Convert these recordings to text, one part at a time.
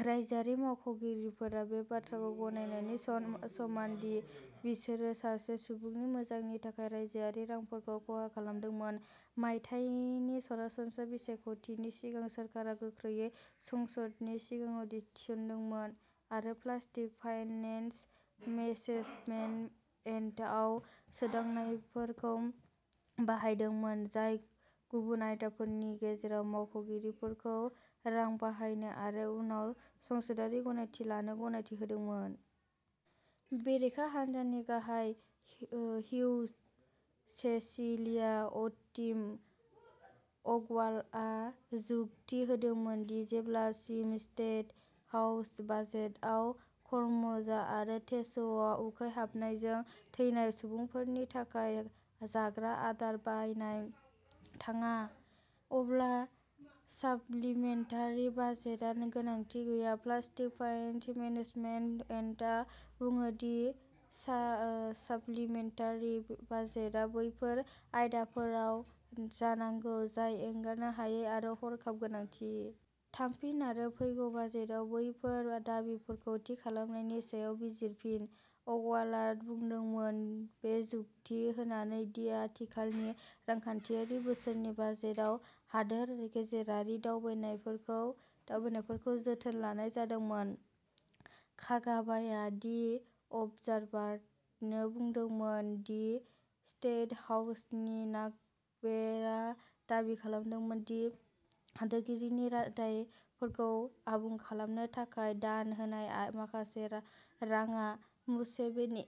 रायजोआरि मावख'गिरिफोरा बे बाथ्राखौ गनायनायनि समान दि बिसोरो सासे सुबुंनि मोजांनि थाखाय रायजोआरि रांफोरखौ खहा खालामदोंमोन। मायथाइनि सरासनस्रा बिसायख'थिनि सिगां, सोरखारा गोख्रैयै संसदनि सिगाङाव थिसन्दोंमोन आरो पाब्लिक फाइनेन्स मेनेजमेन्ट एक्टआव सोदांनायफोरखौ बाहायदोंमोन, जाय गुबुन आयदाफोरनि गेजेराव मावख'गिरिफोरखौ रां बाहायनो आरो उनाव संसदारि गनायथि लानो गनायथि होदोंमोन। बेरेखा हान्जानि गाहाय हुइप, सेसिलिया अटिम अगवालआ जुक्ति होदोंमोन दि जेब्लासिम स्टेट हाउस बाजेटआव करम'जा आरो टेस'आव उखैहाबनायजों थैनाय सुबुंफोरनि थाखाय जाग्रा आदार बायनाय थाङा, अब्ला साप्लिमेन्टारि बाजेटआ गोनांथि गैया। पाब्लिक फाइनेन्स मेनेजमेन्ट एक्टआ बुङो दि साप्लिमेन्टारि बाजेटआ बैफोर आयदाफोराव जानांगौ जाय एंगारनो हायै आरो हरखाब गोनांथि। थांफिन आरो फैगौ बाजेटआव बैफोर दाबिफोरखौ थि खालामनायनि सायाव बिजिरफिन, अगवालआ बुंदोंमोन, बे जुक्ति होनानै दि आथिखालनि रांखान्थियारि बोसोरनि बाजेटआव हादोर गेजेरारि दावबायनायफोरखौ जोथोन लानाय जादोंमोन। कागाबाया दि अबजारभारनो बुंदोंमोन दि स्टेट हाउसनि नाक'बेआ दाबि खालामदों दि हादोरगिरिनि रादायफोरखौ आबुं खालामनो थाखाय दान होनाय माखासे राङा मुसेभेनी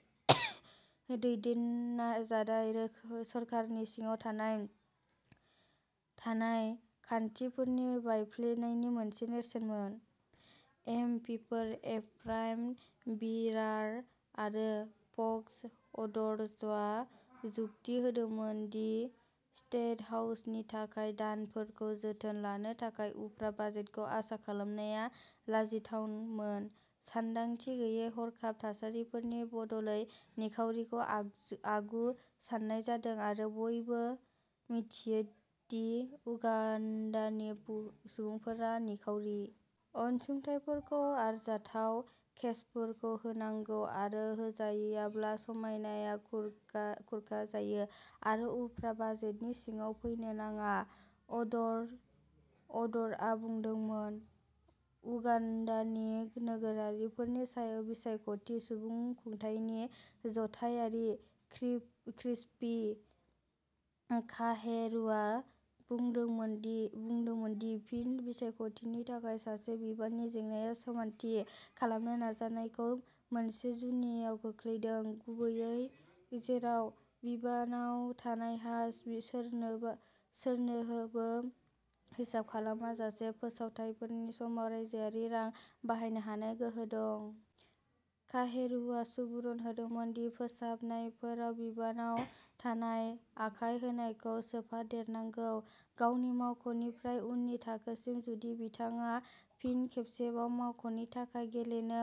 दैदेनजानाय सोरखारनि सिङाव थानाय खान्थिफोरनि बायफ्लेनायनि मोनसे नेरसोनमोन। एम पिफोर एफ्राइम बिरार' आरो फक्स अद'ईआ जुक्ति होदोंमोन दि स्टेट हाउसनि थाखाय दानफोरखौ जोथोन लानो थाखाय उफ्रा बाजेटखौ आसा खालामनाया लाजिथावमोन, सानदांथि गैयै हरखाब थासारिफोरनि बदलै। निखावरिखौ आगु सान्नाय जादों आरो बयबो मिथियो दि उगाण्डानि सुबुंफोरा निखावरि। अनसुंथाइफोरखौ आरजाथाव केसफोरनो होनांगौ आरो होजायाब्ला, समायनाया खुरखाजायो आरो उफ्रा बाजेटनि सिङाव फैनो नाङा, अद'ई आ बुंदोंमोन। उगाण्डानि नोगोरारिफोरनि बिसायख'थि सुबुंखुंथायनि जथायगिरि, क्रिस्पी काहेरुआ बुंदोंमोन दि फिन बिसायख'थिनि थाखाय सासे बिबाननि जेंनाया समानथि खालामनो नाजानायखौ मोनसे जुजिनायाव खोख्लैदों, गुबैयै जेराव बिबानाव थानायहा सोरनोबो हिसाब खालामालासे फोसावथायफोरनि समाव रायजोआरि रां बाहायनो हानाय गोहो दं। काहेरुआ सुबुरुन होदोंमोन दि फोसाबनायफोराव बिबानाव थानाय आखाय होनायखौ सोफादेरनांगौ। गावनि मावख'निफ्राय उननि थाखोसिम, जुदि बिथाङा फिन खेबसेबाव मावख'नि थाखाय गेलेनो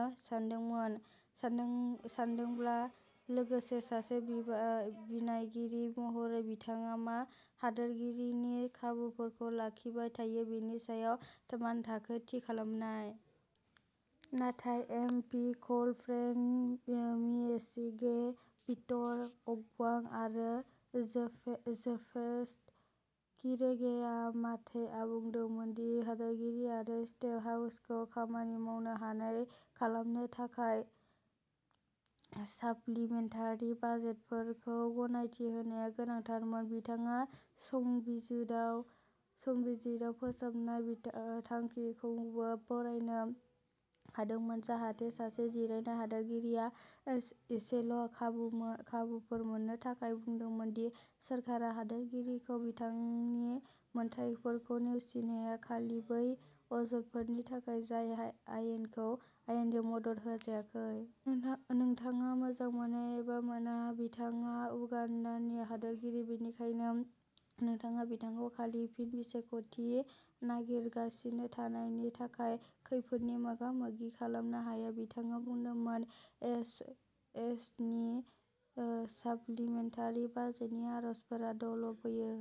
सानदोंब्ला, लोगोसे सासे बिनायगिरि महरै बिथाङा मा हादोरगिरिनि खाबुफोरखौ लाखिबाय थायो बेनि सायाव मानथाखो थि खालामनाय। नाथाय एम पि क'ल फ्रेड म्वेसिगे, पीटर अगवां आरो जोसेफ किरेगेया माटे आ बुंदोंमोन दि हादोरगिरि आरो स्टेट हाउसखौ खामानि मावनो हानाय खालामनो थाखाय साप्लिमेन्टारि बाजेटफोरखौ गनायथि होनाया गोनांथारमोन। बिथाङा संबिजुवाव फोसाबनायनि थांखिखौबो बरायनो हादोंमोन, जाहाथे सासे जिरायनाय हादोरगिरिया एसेल' खाबुफोर मोनो, नाथाय बुंदोंमोन दि सोरखारा हादोरगिरिखौ बिथांनि मोन्थाइफोरखौ नेवसिया, खालि बै अजदफोरनि थाखाय जाय आयेनजों मदद होजायाखै। नोंथाङा मोजां मोनो एबा मोना, बिथाङा उगान्डानि हादोरगिरि, बेनिखायनो नोंथाङा बिथांखौ खालि फिन बिसायख'थि नागिरगासिनो थानायनि थाखाय खैफोदनि मोगामोगि खालामनो हाया, बिथाङा बुंदोंमोन। एच एसनि साप्लिमेन्टारि बाजेटनि आर'जफोरा द'ल' फैयो।